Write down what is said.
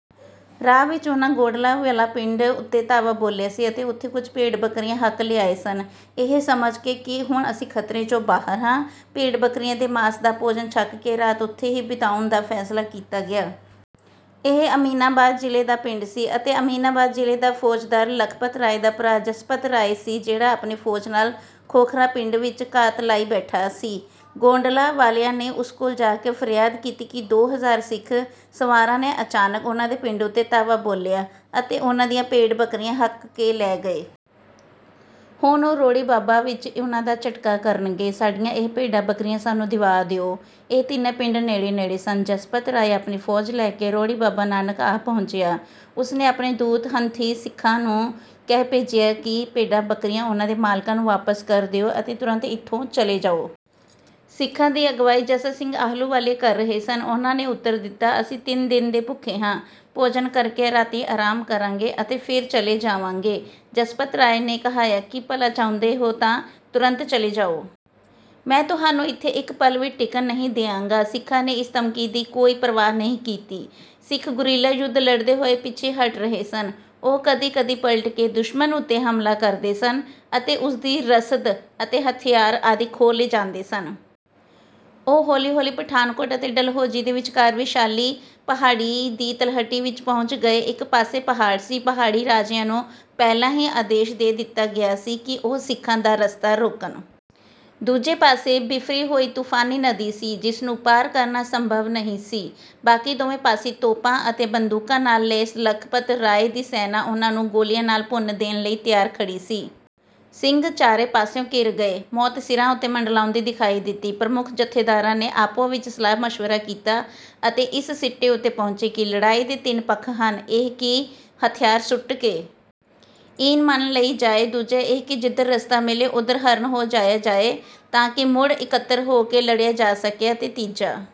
ਰਾਹ ਵਿੱਚ ਉਹਨਾਂ ਗੋਂਡਲਾ ਵਾਲਾ ਪਿੰਡ ਉੱਤੇ ਧਾਵਾ ਬੋਲਿਆ ਸੀ ਅਤੇ ਉੱਥੋਂ ਕੁਝ ਭੇਡ-ਬੱਕਰੀਆਂ ਹੱਕ ਲਿਆਏ ਸਨ। ਇਹ ਸਮਝ ਕੇ ਕਿ ਹੁਣ ਅਸੀਂ ਖ਼ਤਰੇ 'ਚੋਂ ਬਾਹਰ ਹਾਂ ਭੇਡ-ਬੱਕਰੀਆਂ ਦੇ ਮਾਸ ਦਾ ਭੋਜਨ ਛਕ ਕੇ ਰਾਤ ਉੱਥੇ ਹੀ ਬਿਤਾਉਣ ਦਾ ਫੈਸਲਾ ਕੀਤਾ ਗਿਆ। ਇਹ ਅਮੀਨਾਬਾਦ ਜ਼ਿਲੇ ਦਾ ਪਿੰਡ ਸੀ ਅਤੇ ਅਮੀਨਾਬਾਦ ਜ਼ਿਲੇ ਦਾ ਫੌਜਦਾਰ ਲਖਪਤ ਰਾਏ ਦਾ ਭਰਾ ਜਸਪਤ ਰਾਏ ਸੀ ਜਿਹੜਾ ਆਪਣੀ ਫੌਜ ਨਾਲ ਖੋਖਰਾਂ ਪਿੰਡ ਵਿੱਚ ਘਾਤ ਲਾਈ ਬੈਠਾ ਸੀ। ਗੋਂਡਲਾ ਵਾਲਿਆਂ ਨੇ ਉਸ ਕੋਲ ਜਾ ਕੇ ਫਰਿਆਦ ਕੀਤੀ ਕਿ ਦੋ ਹਜ਼ਾਰ ਸਿੱਖ ਸਵਾਰਾਂ ਨੇ ਅਚਾਨਕ ਉਹਨਾਂ ਦੇ ਪਿੰਡ ਉੱਤੇ ਧਾਵਾ ਬੋਲਿਆ ਅਤੇ ਉਹਨਾਂ ਦੀਆਂ ਭੇਡ-ਬੱਕਰੀਆਂ ਹੱਕ ਕੇ ਲੈ ਗਏ। ਹੁਣ ਉਹ ਰੋੜੀ ਬਾਬਾ ਨਾਨਕ ਵਿੱਚ ਉਹਨਾਂ ਦਾ ਝਟਕਾ ਕਰਨਗੇ। "ਸਾਡੀਆਂ ਇਹ ਭੇਡਾਂ-ਬੱਕਰੀਆਂ ਸਾਨੂੰ ਦਿਵਾ ਦਿਓ।" ਇਹ ਤਿੰਨੇ ਪਿੰਡ ਨੇੜੇ-ਨੇੜੇ ਸਨ। ਜਸਪਤ ਰਾਏ ਆਪਣੀ ਫੌਜ ਲੈ ਕੇ ਰੋੜੀ ਬਾਬਾ ਨਾਨਕ ਆ ਪਹੁੰਚਿਆ। ਉਸਨੇ ਆਪਣੇ ਦੂਤ ਹੱਥੀਂ ਸਿੱਖਾਂ ਨੂੰ ਕਹਿ ਭੇਜਿਆ ਕਿ ਭੇਡਾਂ-ਬੱਕਰੀਆਂ ਉਹਨਾਂ ਦੇ ਮਾਲਕਾਂ ਨੂੰ ਵਾਪਸ ਕਰ ਦਿਓ ਅਤੇ ਤੁਰੰਤ ਇੱਥੋਂ ਚਲੇ ਜਾਓ। ਸਿੱਖਾਂ ਦੀ ਅਗਵਾਈ ਜੱਸਾ ਸਿੰਘ ਆਹਲੂਵਾਲੀਆ ਕਰ ਰਹੇ ਸਨ। ਉਹਨਾਂ ਨੇ ਉੱਤਰ ਦਿੱਤਾ, "ਅਸੀਂ ਤਿੰਨ ਦਿਨ ਦੇ ਭੁੱਖੇ ਹਾਂ, ਭੋਜਨ ਕਰਕੇ ਰਾਤੀਂ ਆਰਾਮ ਕਰਾਂਗੇ ਅਤੇ ਫੇਰ ਚਲੇ ਜਾਵਾਂਗੇ।" ਜਸਪਤ ਰਾਏ ਨੇ ਕਹਾਇਆ ਕਿ ਭਲਾ ਚਾਹੁੰਦੇ ਹੋ ਤਾਂ ਤੁਰੰਤ ਚਲੇ ਜਾਓ। "ਮੈਂ ਤੁਹਾਨੂੰ ਇੱਥੇ ਇਕ ਪਲ ਵੀ ਟਿਕਣ ਨਹੀਂ ਦਿਆਂਗਾ।" ਸਿੱਖਾਂ ਨੇ ਇਸ ਧਮਕੀ ਦੀ ਕੋਈ ਪ੍ਰਵਾਹ ਨਹੀਂ ਕੀਤੀ। ਸਿੱਖ ਗੁਰੀਲਾ ਯੁੱਧ ਲੜਦੇ ਹੋਏ ਪਿੱਛੇ ਹਟ ਰਹੇ ਸਨ। ਉਹ ਕਦੀ-ਕਦੀ ਪਲਟ ਕੇ ਦੁਸ਼ਮਣ ਉੱਤੇ ਹਮਲਾ ਕਰਦੇ ਸਨ ਅਤੇ ਉਸਦੀ ਰਸਦ ਅਤੇ ਹਥਿਆਰ ਆਦਿ ਖੋਹ ਲਿਜਾਂਦੇ ਸਨ। ਉਹ ਹੌਲੀ-ਹੌਲੀ ਪਠਾਨਕੋਟ ਅਤੇ ਡਲਹੌਜੀ ਦੇ ਵਿਚਕਾਰ ਵੈਸ਼ਾਲੀ ਪਹਾੜੀ ਦੀ ਤਲਹਟੀ ਵਿੱਚ ਪਹੁੰਚ ਗਏ। ਇੱਕ ਪਾਸੇ ਪਹਾੜ ਸੀ। ਪਹਾੜੀ ਰਾਜਿਆਂ ਨੂੰ ਪਹਿਲਾਂ ਹੀ ਆਦੇਸ਼ ਦੇ ਦਿੱਤਾ ਗਿਆ ਸੀ ਕਿ ਉਹ ਸਿੱਖਾਂ ਦਾ ਰਸਤਾ ਰੋਕਣ। ਦੂਜੇ ਪਾਸੇ ਬਿਫਰੀ ਹੋਈ ਤੂਫ਼ਾਨੀ ਨਦੀ ਸੀ ਜਿਸ ਨੂੰ ਪਾਰ ਕਰਨਾ ਸੰਭਵ ਨਹੀਂ ਸੀ। ਬਾਕੀ ਦੋਵੇਂ ਪਾਸੀਂ ਤੋਪਾਂ ਅਤੇ ਬੰਦੂਕਾਂ ਨਾਲ ਲੈਸ ਲਖਪਤ ਰਾਏ ਦੀ ਸੈਨਾਂ ਉਹਨਾਂ ਨੂੰ ਗੋਲੀਆਂ ਨਾਲ ਭੁੰਨ ਦੇਣ ਲਈ ਤਿਆਰ ਖੜ੍ਹੀ ਸੀ। ਸਿੰਘ ਚਾਰੇ ਪਾਸਿਓਂ ਘਿਰ ਗਏ। ਮੌਤ ਸਿਰਾਂ ਉੱਤੇ ਮੰਡਲਾਉਂਦੀ ਦਿਖਾਈ ਦਿੱਤੀ। ਪ੍ਰਮੁੱਖ ਜੱਥੇਦਾਰਾਂ ਨੇ ਆਪੋ-ਵਿੱਚ ਸਲਾਹ-ਮਸ਼ਵਰਾ ਕੀਤਾ ਅਤੇ ਇਸ ਸਿੱਟੇ ਉੱਤੇ ਪਹੁੰਚੇ ਕਿ ਲੜਾਈ ਦੇ ਤਿੰਨ ਪੱਖ ਹਨ। ਇਹ ਕਿ ਹਥਿਆਰ ਸੁੱਟ ਕੇ ਈਨ ਮੰਨ ਲਈ ਜਾਏ, ਦੂਜਾ ਇਹ ਕਿ ਜਿੱਧਰ ਰਸਤਾ ਮਿਲੇ ਉਧਰ ਹਰਨ ਹੋ ਜਾਇਆ ਜਾਏ ਤਾਂ ਕਿ ਮੁੜ ਇਕੱਤਰ ਹੋ ਕੇ ਲੜਿਆ ਜਾ ਸਕੇ ਅਤੇ ਤੀਜਾ